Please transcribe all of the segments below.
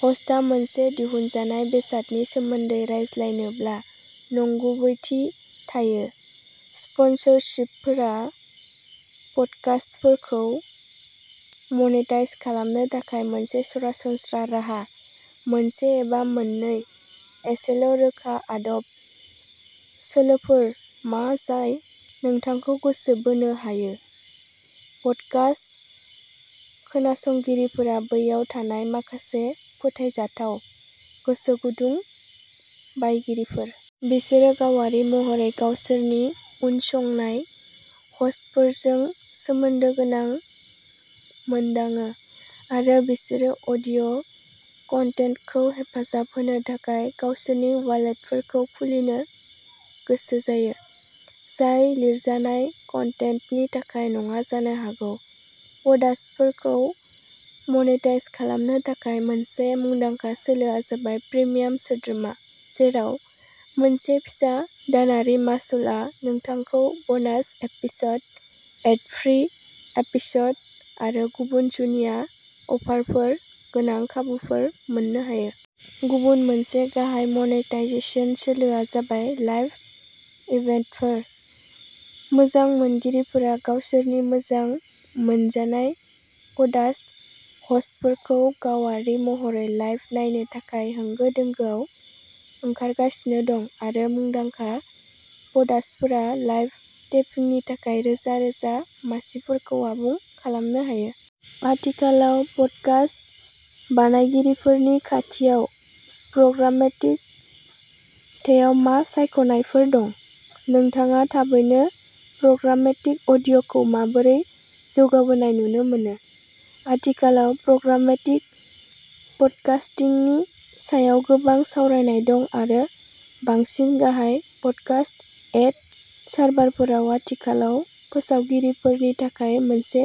ह'स्टआ मोनसे दिहुनजानाय बेसादनि सोमोन्दै रायज्लायनोब्ला नंगुबैथि थायो। स्पनसरशिपफोरा प'डकास्टफोरखौ मनेटाइज खालामनो थाखाय मोनसे सरासनस्रा राहा। मोनसे एबा मोननै एसेल' रोखा आदब सोलोफोर मा जाय नोंथांखौ गोसो बोनो हायो? प'डकास्ट खोनासंगिरिफोरा बैयाव थानाय माखासे फोथायजाथाव, गोसोगुदुं बायगिरिफोर। बिसोरो गावारि महरै गावसोरनि उनसंनाय ह'स्टफोरजों सोमोन्दो गोनां मोनदाङो आरो बिसोरो अडिय' कन्टेन्टखौ हेफाजाब होनो थाखाय गावसोरनि वालेटफोरखौ खुलिनो गोसो जायो, जाय लिरजानाय कन्टेन्टनि थाखाय नङा जानो हागौ। प'डास्टफोरखौ मनेटाइज खालामनो थाखाय मोनसे मुंदांखा सोलोआ जाबाय प्रिमियाम सोद्रोमा, जेराव मोनसे फिसा दानारि मासुलआ नोंथांखौ ब'नास एपिस'ड, एड-फ्री एपिस'ड आरो गुबुन जुनिया अफारफोर गोनां खाबुफोर मोननो हायो। गुबुन मोनसे गाहाय मनेटाइजेशन सोलोआ जाबाय लाइभ इभेन्टफोर। मोजां मोनगिरिफोरा गावसोरनि मोजां मोनजानाय प'डास्ट ह'स्टफोरखौ गावारि महरै लाइभ नायनो थाखाय होंगो-दोंगोआव ओंखारगासिनो दं आरो मुंदांखा प'डास्टफोरा लाइभ टेपिंनि थाखाय रोजा-रोजा मासिफोरखौ आबुं खालामनो हायो। आथिखालाव पडकास्ट बानायगिरिफोरनि खाथियाव प्रग्रामेटिक हाथायाव मा सायख'नायफोर दं? नोंथाङा थाबैनो प्रग्रामेटिक अडिय'खौ माबोरै जौगाबोनाय नुनो मोनो? आथिखालाव प्रग्रामेटिक पडकास्टिंनि सायाव गोबां सावरायनाय दं आरो बांसिन गाहाय पडकास्ट एड सार्भारफोरनाव आथिखालाव फोसावगिरिफोरनि थाखाय मोनसे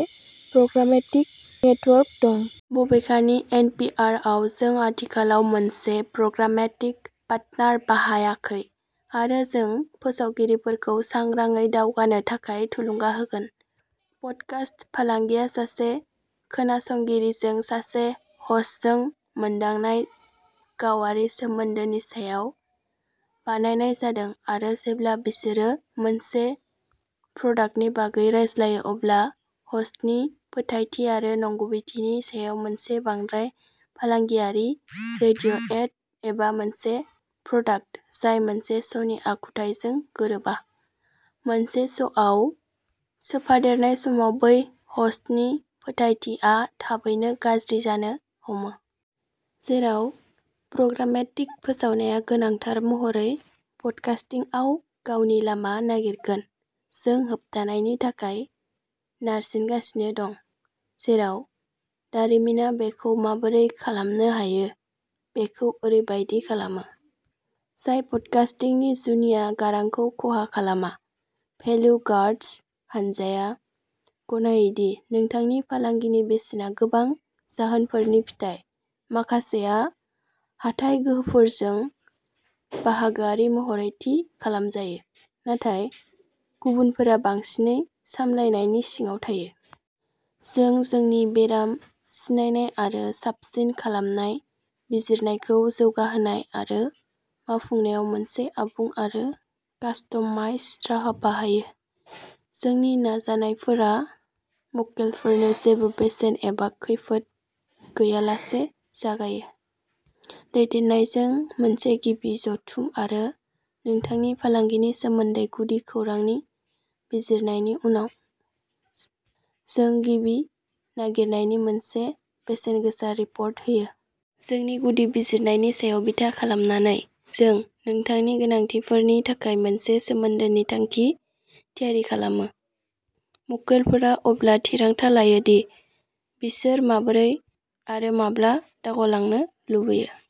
प्रग्रामेटिक नेटवर्क दं। बबेखानि एनपिआरआव जों आथिखालाव मोनसे प्रग्रामेटिक पार्टनार बाहायाखै आरो जों फोसावगिरिफोरखौ सांग्राङै दावगानो थाखाय थुलुंगा होगोन। पडकास्ट फालांगिया सासे खोनासंगिरिजों सासे ह'स्टजों मोनदांनाय गावारि सोमोन्दोनि सायाव बानायनाय जादों आरो जेब्ला बिसोरो मोनसे प्रडाक्टनि बागै रायज्लायो अब्ला ह'स्टनि फोथायथि आरो नंगुबैथिनि सायाव मोनसे बांद्राय फालांगियारि रेडिय'एड, एबा मोनसे प्रडाक्ट जाय मोनसे श'नि आखुथाइजों गोरोबा, मोनसे श'आव सोफादेरनाय समाव बै ह'स्टनि फोथायथिआ थाबैनो गाज्रि जानो हमो। जेराव प्रग्रामेटिक फोसावनाया गोनांथार महरै पडकास्टिंगआव गावनि लामा नागिरगोन, जों होबथानायनि थाखाय नारसिनगासिनो दं, जेराव दारिमिना बेखौ माबोरै खालामनो हायो बेखौ ओरैबायदि खालामो, जाय पडकास्टिंनि जुनिया गारांखौ खहा खालामा। भेलु गार्डस हान्जाया गनायो दि नोंथांनि फालांगिनि बेसेना गोबां जाहोनफोरनि फिथाय, माखासेआ हाथाइ गोहोफोरजों बाहागोआरि महरै थि खालामजायो, नाथाय गुबुनफोरा बांसिनै सामलायनायनि सिङाव थायो। जों जोंनि बेराम सिनायनाय आरो साबसिन खालामनाय बिजिरनायखौ जौगाहोनाय आरो मावफुंनायाव मोनसे आबुं आरो कास्टमाइज्ड राहा बाहायो। जोंनि नाजानायफोरा मक्केलफोरनो जेबो बेसेन एबा खैफोद गैयालासे जागायो। दैदेननायजों मोनसे गिबि जथुम आरो नोंथांनि फालांगिनि सोमोन्दै गुदि खौरांनि बिजिरनायनि उनाव, जों गिबि नागिरनायनि मोनसे बेसेनगोसा रिपर्ट होयो। जोंनि गुदि बिजिरनायनि सायाव बिथा खालामनानै, जों नोंथांनि गोनांथिफोरनि थाखाय मोनसे सोमोन्दोनि थांखि थियारि खालामो। मक्केलफोरा अब्ला थिरांथा लायो दि बिसोर माबोरै, आरो माब्ला दावगालांनो लुबैयो।